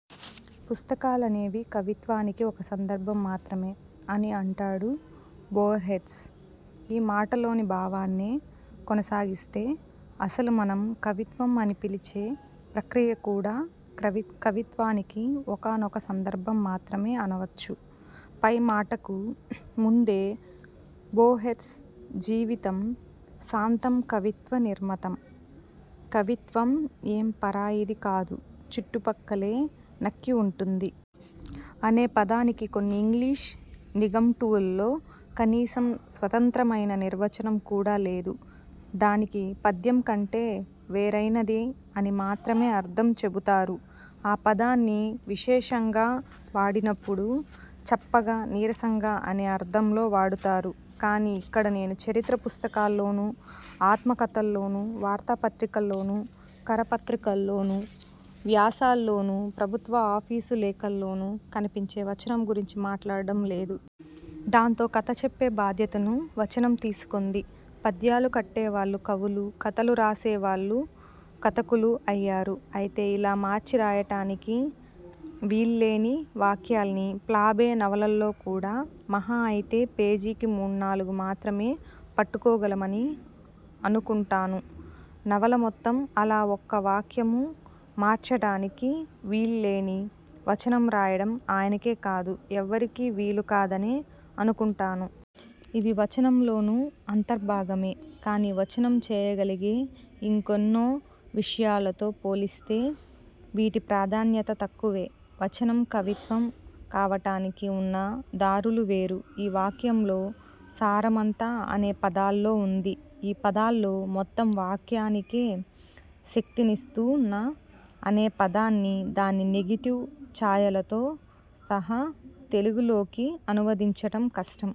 "పుస్తకాలనేవి కవిత్వానికి ఒక సందర్భం మాత్రమే'' అని అంటాడు బోర్హెస్. ఈ మాటలోని భావాన్నే కొనసాగిస్తే, అసలు మనం కవిత్వం అని పిలిచే ప్రక్రియ కూడా కవి కవిత్వానికి ఒకానొక సందర్భం మాత్రమే అనవచ్చు. పై మాటకు ముందే బోర్హెస్, ''జీవితం సాంతం కవిత్వ నిర్మితం. కవిత్వమ్ ఎం పరాయిది కాదు, చుట్టుపక్కలే నక్కి వుంటుంది. ' అనే పదానికి కొన్ని ఇంగ్లీష్ నిఘంటువుల్లో కనీసం స్వతంత్రమైన నిర్వచనం కూడా లేదు. దానికి పద్యం కంటే వేరైనది అని మాత్రమే అర్థం చెబుతారు. ఆ పదాన్ని విశేషణంగా వాడినపుడు 'చప్పగా', 'నీరసంగా' అనే అర్థంలో వాడుతారు. కానీ ఇక్కడ నేను చరిత్ర పుస్తకాల్లోనూ, ఆత్మకథల్లోనూ, వార్తాపత్రికల్లోనూ, కరపత్రికల్లోనూ, వ్యాసాల్లోనూ, ప్రభుత్వ ఆఫీసు లేఖల్లోనూ కనిపించే వచనం గురించి మాట్లాడడం లేదు. దాంతో కథ చెప్పే బాధ్యతను వచనం తీసుకుంది. పద్యాలు కట్టేవాళ్ళు కవులూ, కథలు రాసేవాళ్ళు కథకులూ అయ్యారు. అయితే ఇలా మార్చి రాయటానికి వీల్లేని వాక్యాల్ని ఫ్లాబె నవలల్లో కూడా మహా అయితే పేజీకి మూణ్ణాలుగు మాత్రమే పట్టుకోగలమని అనుకుంటాను. నవల మొత్తం అలా ఒక్క వాక్యమూ ''మార్చడానికి వీల్లేని'' వచనం రాయడం ఆయనకే కాదు, ఎవరికీ వీలు కాదనే అనుకుంటాను. ఇవి వచనంలోనూ అంతర్భాగమే. కానీ వచనం చేయగలిగే ఇంకెన్నో విషయాలతో పోలిస్తే వీటి ప్రాధాన్యత తక్కువే. వచనం కవిత్వం కావటానికి ఉన్న దారులు వేరు. ఈ వాక్యంలో సారమంతా ""'' అనే పదాల్లో ఉంది. ఈ పదాల్లో మొత్తం వాక్యానికే శక్తినిస్తు ఉన్న ""'' అనే పదాన్ని దాన్ని నెగెటివ్ ఛాయలతో సహా తెలుగులోకి అనువదించటం కష్టం"